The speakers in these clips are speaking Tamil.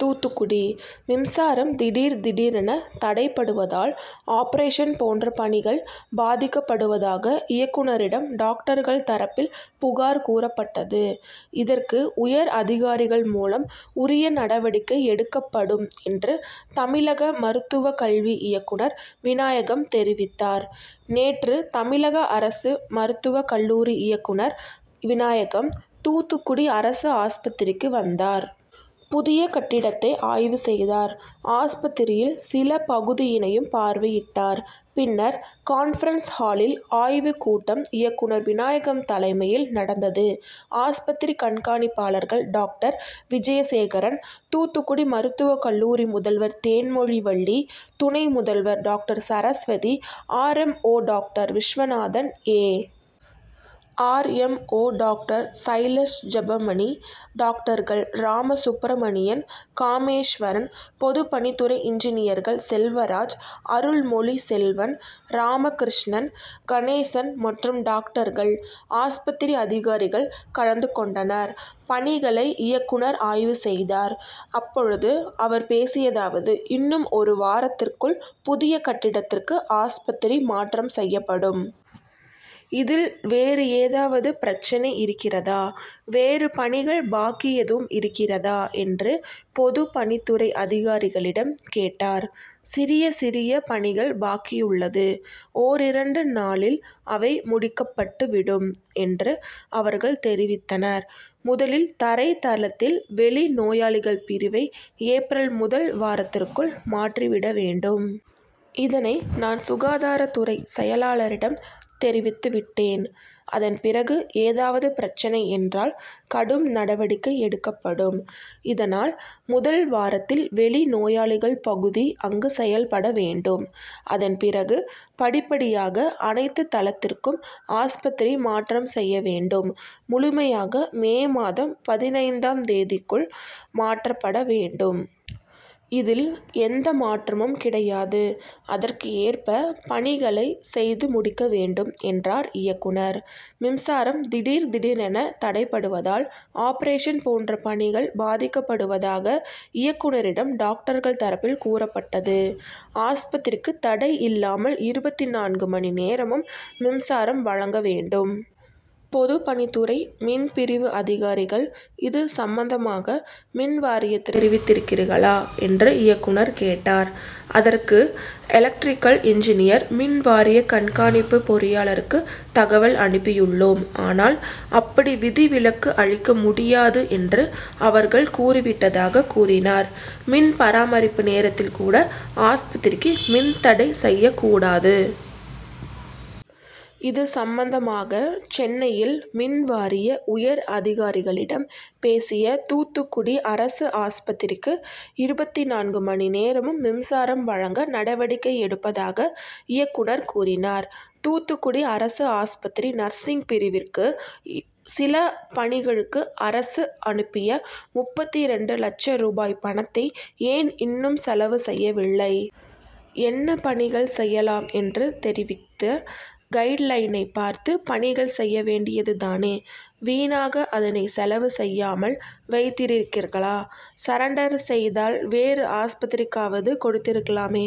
தூத்துக்குடி: மின்சாரம் திடீர், திடீரென தடைபடுவதால் ஆபரேஷன் போன்ற பணிகள் பாதிக்கப்படுவதாக இயக்குநரிடம் டாக்டர்கள் தரப்பில் புகார் கூறப்பட்டது. இதற்கு உயர் அதிகாரிகள் மூலம் உரிய நடவடிக்கை எடுக்கப்படும் என்று தமிழக மருத்துவக்கல்வி இயக்குநர் விநாயகம் தெரிவித்தார். நேற்று தமிழக அரசு மருத்துவக் கல்லூரி இயக்குநர் விநாயகம் தூத்துக்குடி அரசு ஆஸ்பத்திரிக்கு வந்தார். புதிய கட்டடத்தை ஆய்வு செய்தார். ஆஸ்பத்திரியில் சில பகுதியினையும் பார்வையிட்டார். பின்னர் கான்பரன்ஸ் ஹாலில் ஆய்வு கூட்டம் இயக்குநர் விநாயகம் தலைமையில் நடந்தது. ஆஸ்பத்திரி கண்காணிப்பாளர் டாக்டர் விஜயசேகரன், தூத்துக்குடி மருத்துவக் கல்லூரி முதல்வர் தேன்மொழிவள்ளி, துணை முதல்வர் doctor Saraswathi, R. M. O doctor Viswanathan, A. R. M. O doctor Sailash Jebamani, டாக்டர்கள் ராமசுப்பிரமணியன், காமேஸ்வரன், பொதுப்பணித்துறை இன்ஜினியர்கள் செல்வராஜ், அருள்மொழிச்செல்வன், ராமகிருஷ்ணன், கணேசன் மற்றும் டாக்டர்கள், ஆஸ்பத்திரி அதிகாரிகள் கலந்து கொண்டனர். பணிகளை இயக்குநர் ஆய்வு செய்தார். அப்போது அவர் பேசியதாவது இன்னும் ஒரு வாரத்திற்குள் புதிய கட்டடத்திற்கு ஆஸ்பத்திரி மாற்றம் செய்ய வேண்டும். இதில் வேறு ஏதாவது பிரச்னை இருக்கிறதா, வேறு பணிகள் பாக்கி எதுவும் இருக்கிறதா என்று பொதுப்பணித்துறை அதிகாரிகளிடம் கேட்டார். சிறிய, சிறிய பணிகள் பாக்கியுள்ளது. ஒன்றிரண்டு நாளில் அவை முடிக்கப்பட்டு விடும் என்று அவர்கள் தெரிவித்தனர். முதலில் தரைத்தளத்தில் வெளிநோயாளிகள் பிரிவை ஏப்ரல் முதல் வாரத்திற்குள் மாற்றிவிட வேண்டும். இதனை நான் சுகாதாரத்துறை செயலாளரிடம் தெரிவித்து விடுவேன். அதன் பிறகு ஏதாவது பிரச்னை என்றால் கடும் நடவடிக்கை எடுக்கப்படும். இதனால் முதல் வாரத்தில் வெளி நோயாளிகள் பகுதி அங்கு செயல்பட வேண்டும். அதன் பிறகு படிப்படியாக அனைத்து தளத்திற்கும் ஆஸ்பத்திரி மாற்றம் செய்ய வேண்டும். முழுமையாக மே மாதம் பதினைந்து ஆம் தேதிக்குள் மாற்றப்பட வேண்டும். இதில் எந்த மாற்றமும் கிடையாது. அதற்கு ஏற்ப பணிகளை செய்து முடிக்க வேண்டும் என்றார் இயக்குநர். மின்சாரம் திடீர், திடீரென தடைபடுவதால் ஆபரேஷன் போன்ற பணிகள் பாதிக்கப்படுவதாக இயக்குநரிடம் டாக்டர்கள் தரப்பில் கூறப்பட்டது. ஆஸ்பத்திரிக்கு தடையில்லாமல் இருபத்தி நான்காம் மணி நேரமும் மின்சாரம் வழங்க வேண்டும். பொதுப்பணித்துறை மின் பிரிவு அதிகாரிகள் இது சம்பந்தமாக மின்வாரியத்திற்கு தெரிவித்திருக்கிறீர்களா என்று இயக்குநர் கேட்டார். அதற்கு எலக்டிரிக்கல் இன்ஜினியர் மின்வாரிய கண்காணிப்பு பொறியாளருக்கு தகவல் அனுப்பியுள்ளோம். ஆனால் அப்படி விதிவிலக்கு அளிக்க முடியாது என்று அவர்கள் கூறி விட்டதாக கூறினார். மின் பராமரிப்பு நேரத்தில் கூட ஆஸ்பத்திரிக்கு மின் தடை செய்யக் கூடாது. இது சம்பந்தமாக சென்னையில் மின்வாரிய உயர் அதிகாரிகளிடம் பேசி தூத்துக்குடி அரசு ஆஸ்பத்திரிக்கு இருபத்தி நான்காம் மணி நேரமும் மின்சாரம் வழங்க நடவடிக்கை எடுப்பதாக இயக்குநர் கூறினார். தூத்துக்குடி அரசு ஆஸ்பத்திரி நர்சிங் பிரிவுக்கு சில பணிகளுக்கு அரசு அனுப்பிய முப்பத்தி இரண்டு லட்ச ரூபாய் பணத்தை ஏன் இன்னும் செலவு செய்யவில்லை. என்ன பணிகள் செய்யலாம் என்று தெரிவித்த கைடுலைனை பார்த்து பணிகள் செய்ய வேண்டியது தானே, வீணாக அதனை செலவு செய்யாமல் வைத்திருக்கிறீர்களே, சரண்டர் செய்தால் வேறு ஆஸ்பத்திரிக்காவது கொடுத்திருக்கலாமே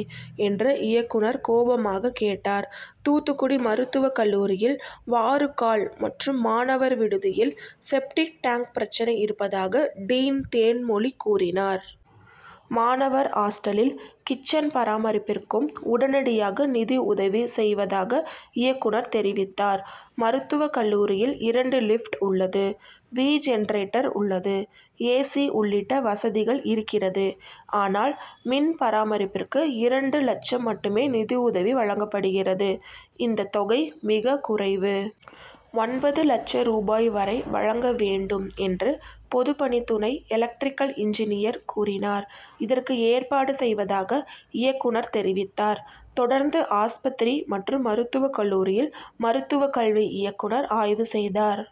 என்று இயக்குநர் கோபமாக கேட்டார். தூத்துக்குடி மருத்துவக்கல்லூரியில் வாறுகால் மற்றும் மாணவர் விடுதியில் செப்டிக் டேங்க் பிரச்னை இருப்பதாக டீன் தேன்மொழி கூறினார். மாணவர் ஆஸ்டலில் கிச்சன் பராமரிப்புக்கும் உடனடியாக நிதியுதவி செய்வதாக இயக்குநர் தெரிவித்தார். மருத்துவக் கல்லூரியில் இரண்டு லிப்ட் உள்ளது. வி ஜெனரேட்டர் உள்ளது. ஏ. சி உள்ளிட்ட வசதிகள் இருக்கிறது. ஆனால் மின்பராமரிப்புக்கு இரண்டு லட்சம் மட்டுமே நிதியுதவி வழங்கப்படுகிறது. இந்த தொகை மிக குறைவு. ஒன்பது லட்ச ரூபாய் வரை வழங்க வேண்டும் என்று பொதுப்பணித்துறை எலக்டிரிக்கல் இன்ஜினியர் கூறினார். இதற்கு ஏற்பாடு செய்வதாக இயக்குநர் தெரிவித்தார். தொடர்ந்து ஆஸ்பத்திரி மற்றும் மருத்துவ கல்லூரியில் மருத்துவக் கல்வி இயக்குநர் ஆய்வு செய்தார்.